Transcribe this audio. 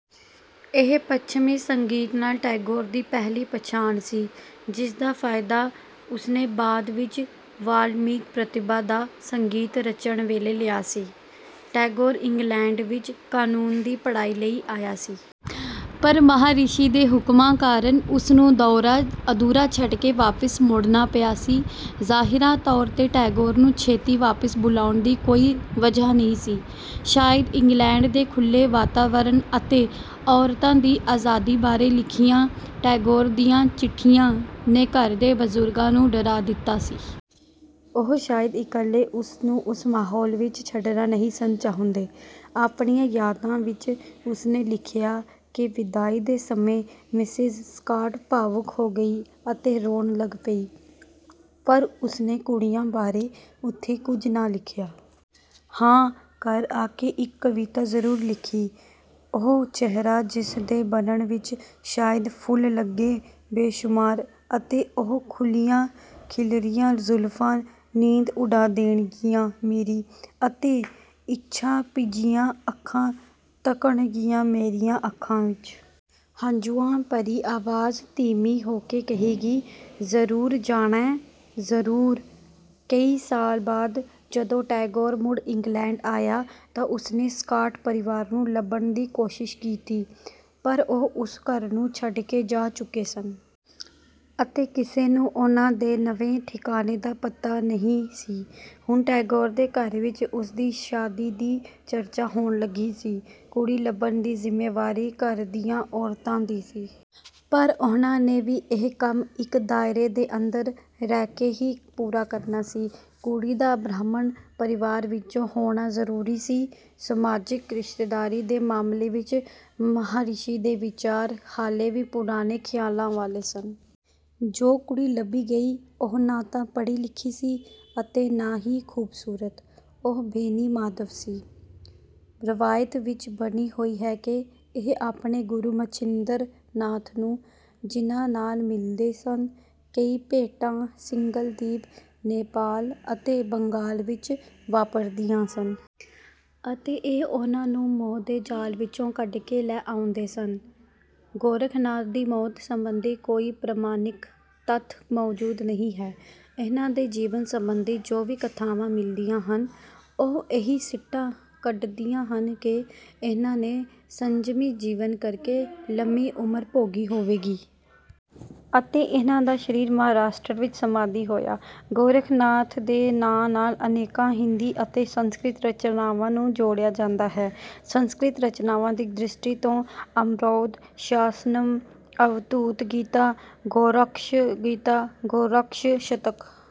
ਇਹ ਪੱਛਮੀ ਸੰਗੀਤ ਨਾਲ ਟੈਗੋਰ ਦੀ ਪਹਿਲੀ ਪਛਾਣ ਸੀ। ਜਿਸ ਦਾ ਫਾਇਦਾ ਉਸ ਨੇ ਬਾਅਦ ਵਿੱਚ ਵਾਲਮੀਕਿ ਪ੍ਰਤਿਭਾ ਦਾ ਸੰਗੀਤ ਰਚਣ ਵੇਲੇ ਲਿਆ ਸੀ। ਟੈਗੋਰ ਇੰਗਲੈਂਡ ਵਿੱਚ ਕਾਨੂੰਨ ਦੀ ਪੜ੍ਹਾਈ ਲਈ ਆਇਆ ਸੀ। ਪਰ ਮਹਾਰਿਸ਼ੀ ਦੇ ਹੁਕਮਾਂ ਕਾਰਨ ਉਸ ਨੂੰ ਦੌਰਾ ਅਧੂਰਾ ਛੱਡ ਕੇ ਵਾਪਿਸ ਮੁੜਨਾ ਪਿਆ ਸੀ। ਜ਼ਾਹਿਰਾ ਤੌਰ ਤੇ ਟੈਗੋਰ ਨੂੰ ਛੇਤੀ ਵਾਪਿਸ ਬੁਲਾਉਣ ਦੀ ਕੋਈ ਵਜ੍ਹਾ ਨਹੀਂ ਸੀ। ਸ਼ਾਇਦ ਇੰਗਲੈਂਡ ਦੇ ਖੁੱਲ੍ਹੇ ਵਾਤਾਵਰਨ ਅਤੇ ਔਰਤਾਂ ਦੀ ਆਜ਼ਾਦੀ ਬਾਰੇ ਲਿਖੀਆਂ ਟੈਗੋਰ ਦੀਆਂ ਚਿੱਠੀਆਂ ਨੇ ਘਰ ਦੇ ਬਜ਼ੁਰਗਾਂ ਨੂੰ ਡਰਾ ਦਿੱਤਾ ਸੀ। ਉਹ ਸ਼ਾਇਦ ਇਕੱਲੇ ਉਸ ਨੂੰ ਉਸ ਮਾਹੌਲ ਵਿੱਚ ਛੱਡਣਾ ਨਹੀਂ ਸਨ ਚਾਹੁੰਦੇ। ਆਪਣੀਆਂ ਯਾਦਾਂ ਵਿੱਚ ਉਸ ਨੇ ਲਿਖਿਆ ਕਿ ਵਿਦਾਈ ਦੇ ਸਮੇਂ ਮਿਸਿਜ਼ ਸਕਾਟ ਭਾਵੁਕ ਹੋ ਗਈ ਅਤੇ ਰੋਣ ਲੱਗ ਪਈ। ਪਰ ਉਸ ਨੇ ਕੁੜੀਆਂ ਬਾਰੇ ਉੱਥੇ ਕੁਝ ਨਾ ਲਿਖਿਆ। ਹਾਂ ਘਰ ਆ ਕੇ ਇੱਕ ਕਵਿਤਾ ਜ਼ਰੂਰ ਲਿਖੀ: "ਉਹ ਚਿਹਰਾ ਜਿਸ ਦੇ ਬਣਨ ਵਿੱਚ ਸ਼ਾਇਦ ਫੁੱਲ ਲੱਗੇ ਬੇਸ਼ੁਮਾਰ ਅਤੇ ਉਹ ਖੁੱਲ੍ਹੀਆਂ ਖਿਲਰੀਆਂ ਜ਼ੁਲਫ਼ਾਂ ਨੀਂਦ ਉਡਾ ਦੇਣਗੀਆਂ ਮੇਰੀ ਅਤੇ ਇੱਛਾ ਭਿੱਜੀਆਂ ਅੱਖਾਂ ਤੱਕਣਗੀਆਂ ਮੇਰੀਆਂ ਅੱਖਾਂ ਵਿੱਚ। ਹੰਝੂਆਂ ਭਰੀ ਆਵਾਜ਼ ਧੀਮੀ ਹੋ ਕੇ ਕਹੇਗੀ: ਜ਼ਰੂਰ ਜਾਣੈ? ਜ਼ਰੂਰ?" ਕਈ ਸਾਲ ਬਾਅਦ ਜਦੋਂ ਟੈਗੋਰ ਮੁੜ ਇੰਗਲੈਂਡ ਆਇਆ ਤਾਂ ਉਸ ਨੇ ਸਕਾਟ ਪਰਿਵਾਰ ਨੂੰ ਲੱਭਣ ਦੀ ਕੋਸ਼ਿਸ਼ ਕੀਤੀ। ਪਰ ਉਹ ਉਸ ਘਰ ਨੂੰ ਛੱਡ ਕੇ ਜਾ ਚੁੱਕੇ ਸਨ। ਅਤੇ ਕਿਸੇ ਨੂੰ ਉਨ੍ਹਾਂ ਦੇ ਨਵੇਂ ਠਿਕਾਣੇ ਦਾ ਪਤਾ ਨਹੀਂ ਸੀ। ਹੁਣ ਟੈਗੋਰ ਦੇ ਘਰ ਵਿੱਚ ਉਸ ਦੀ ਸ਼ਾਦੀ ਦੀ ਚਰਚਾ ਹੋਣ ਲੱਗੀ ਸੀ। ਕੁੜੀ ਲੱਭਣ ਦੀ ਜ਼ਿੰਮੇਵਾਰੀ ਘਰ ਦੀਆਂ ਔਰਤਾਂ ਦੀ ਸੀ। ਪਰ ਉਨ੍ਹਾਂ ਨੇ ਵੀ ਇਹ ਕੰਮ ਇੱਕ ਦਾਇਰੇ ਦੇ ਅੰਦਰ ਰਹਿ ਕੇ ਹੀ ਪੂਰਾ ਕਰਨਾ ਸੀ। ਕੁੜੀ ਦਾ ਬ੍ਰਾਹਮਣ ਪਰਿਵਾਰ ਵਿੱਚੋਂ ਹੋਣਾ ਜ਼ਰੂਰੀ ਸੀ। ਸਮਾਜਿਕ ਰਿਸ਼ਤੇਦਾਰੀ ਦੇ ਮਾਮਲੇ ਵਿੱਚ ਮਹਾਰਿਸ਼ੀ ਦੇ ਵਿਚਾਰ ਹਾਲੇ ਵੀ ਪੁਰਾਣੇ ਖਿਆਲਾਂ ਵਾਲੇ ਸਨ। ਜੋ ਕੁੜੀ ਲੱਭੀ ਗਈ ਉਹ ਨਾ ਤਾਂ ਪੜ੍ਹੀ-ਲਿਖੀ ਸੀ ਅਤੇ ਨਾ ਹੀ ਖੂਬਸੂਰਤ। ਉਹ ਬੇਨੀ ਮਾਧਵ ਸੀ। ਰਵਾਇਤ ਵਿੱਚ ਬਣੀ ਹੋਈ ਹੈ ਕਿ ਇਹ ਆਪਣੇ ਗੁਰੂ ਮਛਿੰਦਰਨਾਥ ਨੂੰ ਜਿਨਾਂ ਨਾਲ ਮਿਲਦੇ ਸਨ। ਕਈ ਭੇਟਾਂ ਸਿੰਘਲਦੀਪ, ਨੇਪਾਲ ਅਤੇ ਬੰਗਾਲ ਵਿੱਚ ਵਾਪਰਦੀਆਂ ਸਨ। ਅਤੇ ਇਹ ਉਨ੍ਹਾਂ ਨੂੰ ਮੋਹ ਦੇ ਜਾਲ ਵਿੱਚੋਂ ਕੱਢ ਕੇ ਲੈ ਆਉਂਦੇ ਸਨ। ਗੋਰਖਨਾਥ ਦੀ ਮੌਤ ਸੰਬੰਧੀ ਕੋਈ ਪ੍ਰਮਾਣਿਕ ਤੱਥ ਮੌਜੂਦ ਨਹੀਂ ਹੈ। ਇਨ੍ਹਾਂ ਦੇ ਜੀਵਨ ਸੰਬੰਧੀ ਜੋ ਵੀ ਕਥਾਵਾਂ ਮਿਲਦੀਆਂ ਹਨ ਉਹ ਇਹੀ ਸਿੱਟਾ ਕੱਢਦੀਆਂ ਹਨ ਕਿ ਇਨ੍ਹਾਂ ਨੇ ਸੰਜਮੀ ਜੀਵਨ ਕਰਕੇ ਲੰਮੀ ਉਮਰ ਭੋਗੀ ਹੋਵੇਗੀ। ਅਤੇ ਇਨ੍ਹਾਂ ਦਾ ਸਰੀਰ ਮਹਾਰਾਸ਼ਟਰ ਵਿੱਚ ਸਮਾਧੀ ਹੋਇਆ। ਗੋਰਖਨਾਥ ਦੇ ਨਾਂ ਨਾਲ ਅਨੇਕਾਂ ਹਿੰਦੀ ਅਤੇ ਸੰਸਕ੍ਰਿਤ ਰਚਨਾਵਾਂ ਨੂੰ ਜੋੜਿਆ ਜਾਂਦਾ ਹੈ। ਸੰਸਕ੍ਰਿਤ ਰਚਨਾਵਾਂ ਦੀ ਦ੍ਰਿਸ਼ਟੀ ਤੋਂ ਅਮਰੌਧ, ਸ਼ਾਸਨਮ, ਅਵਧੂਤ ਗੀਤਾ, ਗੋਰਖਸ਼ ਗੀਤਾ, ਗੋਰਖਸ਼ ਸ਼ਤਕ,